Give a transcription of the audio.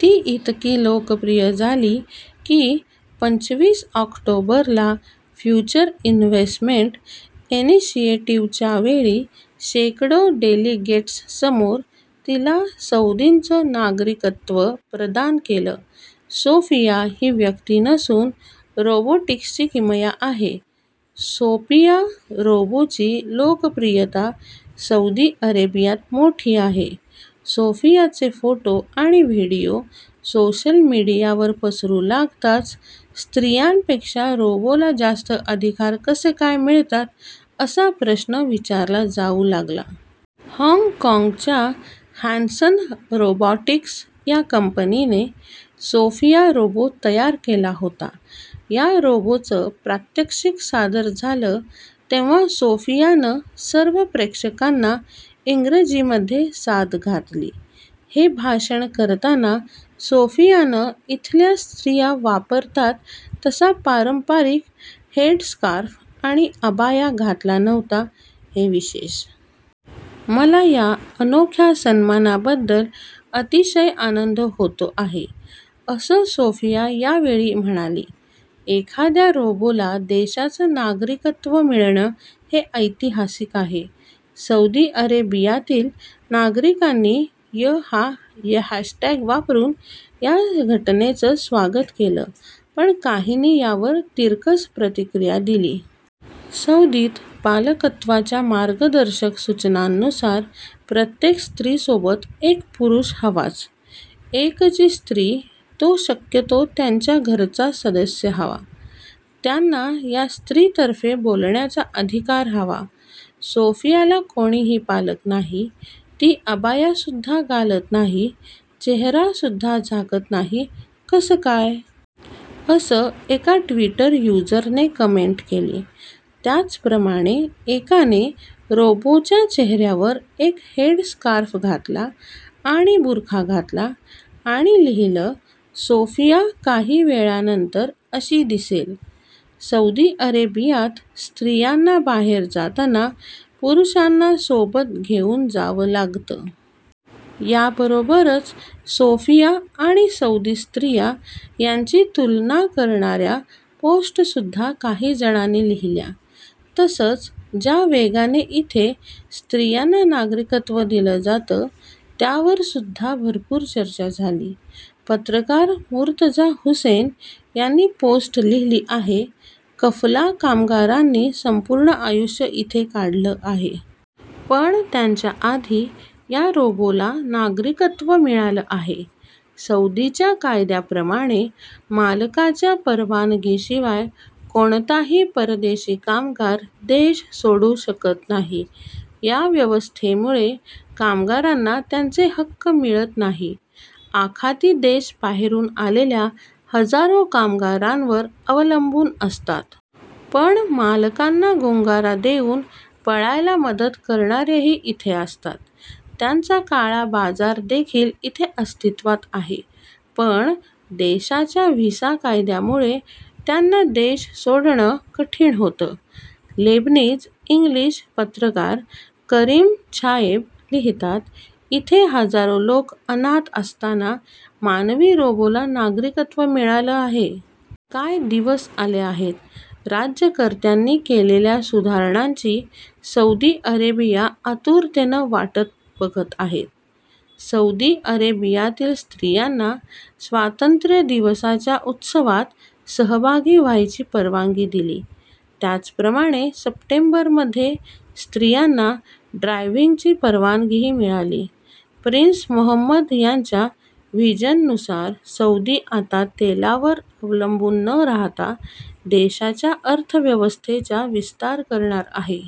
ती इतकी लोकप्रिय झाली की, पंचवीस ऑक्टोबरला फ्युचर इन्व्हेसमेंट इनिशिएटिव्हच्यावेळी शेकडो डेलिगेट्ससमोर तिला सौदीचं नागरिकत्व प्रदान केलं सोफिया ही व्यक्ती नसून ती रोबॉटिक्सची किमया आहे. सोफिया रोबोची लोकप्रियता सौदी अरेबियात मोठी आहे. सोफियाचे फोटो आणि व्हीडिओ सोशल मीडियावर पसरू लागताच स्त्रियांपेक्षा रोबोला जास्त अधिकार कसे काय मिळतात असा प्रश्न विचारला जाऊ लागला. हाँगकाँगच्या हॅनसन रोबॉटिक्स या कंपनीने सोफिया रोबो तयार केला होता. या रोबोचं प्रात्यक्षिक सादर झालं तेव्हा सोफियानं सर्व प्रेक्षकांना इंग्रजीमध्ये साद घातली. हे भाषण करताना सोफियानं इथल्या स्त्रिया वापरतात तसा पारंपरिक हेडस्कार्फ आणि अबाया घातला नव्हता हे विशेष. मला या अनोख्या सन्मानाबद्दल अतिशय आनंद होतो आहे. असं सोफिया या वेळी म्हणाली. एखाद्या रोबोला देशाचं नागरिकत्व मिळणं हे ऐतिहासिक आहे. सौदी अरेबियातील नागरिकांनी य हा हॅशटॅग वापरून या घटनेचं स्वागत केलं. पण काहींनी यावर तिरकस प्रतिक्रिया दिली. सौदीत पालकत्वाच्या मार्गदर्शक सूचनांनुसार प्रत्येक स्त्रीसोबत एक पुरुष हवाच. एकची स्त्री तो शक्यतो त्यांच्या घरचा सदस्य हवा. त्यांना या स्त्रीतर्फे बोलण्याचा अधिकार हवा. सोफियाला कोणीही पालक नाही, ती अबायासुद्धा घालत नाही चेहरासुद्धा झाकत नाही, कसं काय? असं एका ट्विटर युजरने कमेंट केली. त्याचप्रमाणे एकाने रोबोच्या चेहऱ्यावर एक हेडस्कार्फ घातला आणि बुरखा घातला आणि लिहिलं सोफिया काही वेळानंतर अशी दिसेल. सौदी अरेबियात स्त्रियांना बाहेर जाताना पुरुषांना सोबत घेऊन जावं लागतं. याबरोबरच सोफिया आणि सौदी स्त्रिया यांची तुलना करणाऱ्या पोस्टसुद्धा काही जणांनी लिहिल्या. तसंच ज्या वेगाने इथे स्त्रियांना नागरिकत्व दिलं जातं त्यावरसुद्धा भरपूर चर्चा झाली. पत्रकार मुर्तझा हुसैन यांनी पोस्ट लिहिली आहे कफला कामगारांनी संपूर्ण आयुष्य इथे काढलं आहे. पण त्यांच्याआधी या रोबोला नागरिकत्व मिळालं आहे. सौदीच्या कायद्याप्रमाणे मालकाच्या परवानगीशिवाय कोणताही परदेशी कामगार देश सोडू शकत नाही. या व्यवस्थेमुळे कामगारांना त्यांचे हक्क मिळत नाही. आखाती देश बाहेरून आलेल्या हजारो कामगारांवर अवलंबून असतात. पण मालकांना गुंगारा देऊन पळायला मदत करणारेही इथे असतात. त्यांचा काळा बाजारदेखील इथे अस्तित्वात आहे. पण देशाच्या व्हिसा कायद्यामुळे त्यांना देश सोडणं कठीण होतं. लेबनीज-इंग्लिश पत्रकार करीम छायेब लिहितात इथे हजारो लोक अनाथ असताना मानवी रोबोला नागरिकत्व मिळालं आहे. काय दिवस आले आहेत राज्यकर्त्यांनी केलेल्या सुधारणांची सौदी अरेबिया आतुरतेनं वाटत बघत आहेत. सौदी अरेबियातील स्त्रियांना स्वातंत्र्य दिवसाच्या उत्सवात सहभागी व्हायची परवानगी दिली. त्याचप्रमाणे सप्टेंबरमध्ये स्त्रियांना ड्रायव्हिंगची परवानगीही मिळाली. प्रिन्स मोहम्मद यांच्या व्हिजन नुसार सौदी आता तेलावर अवलंबून न राहता देशाच्या अर्थव्यवस्थेच्या विस्तार करणार आहे.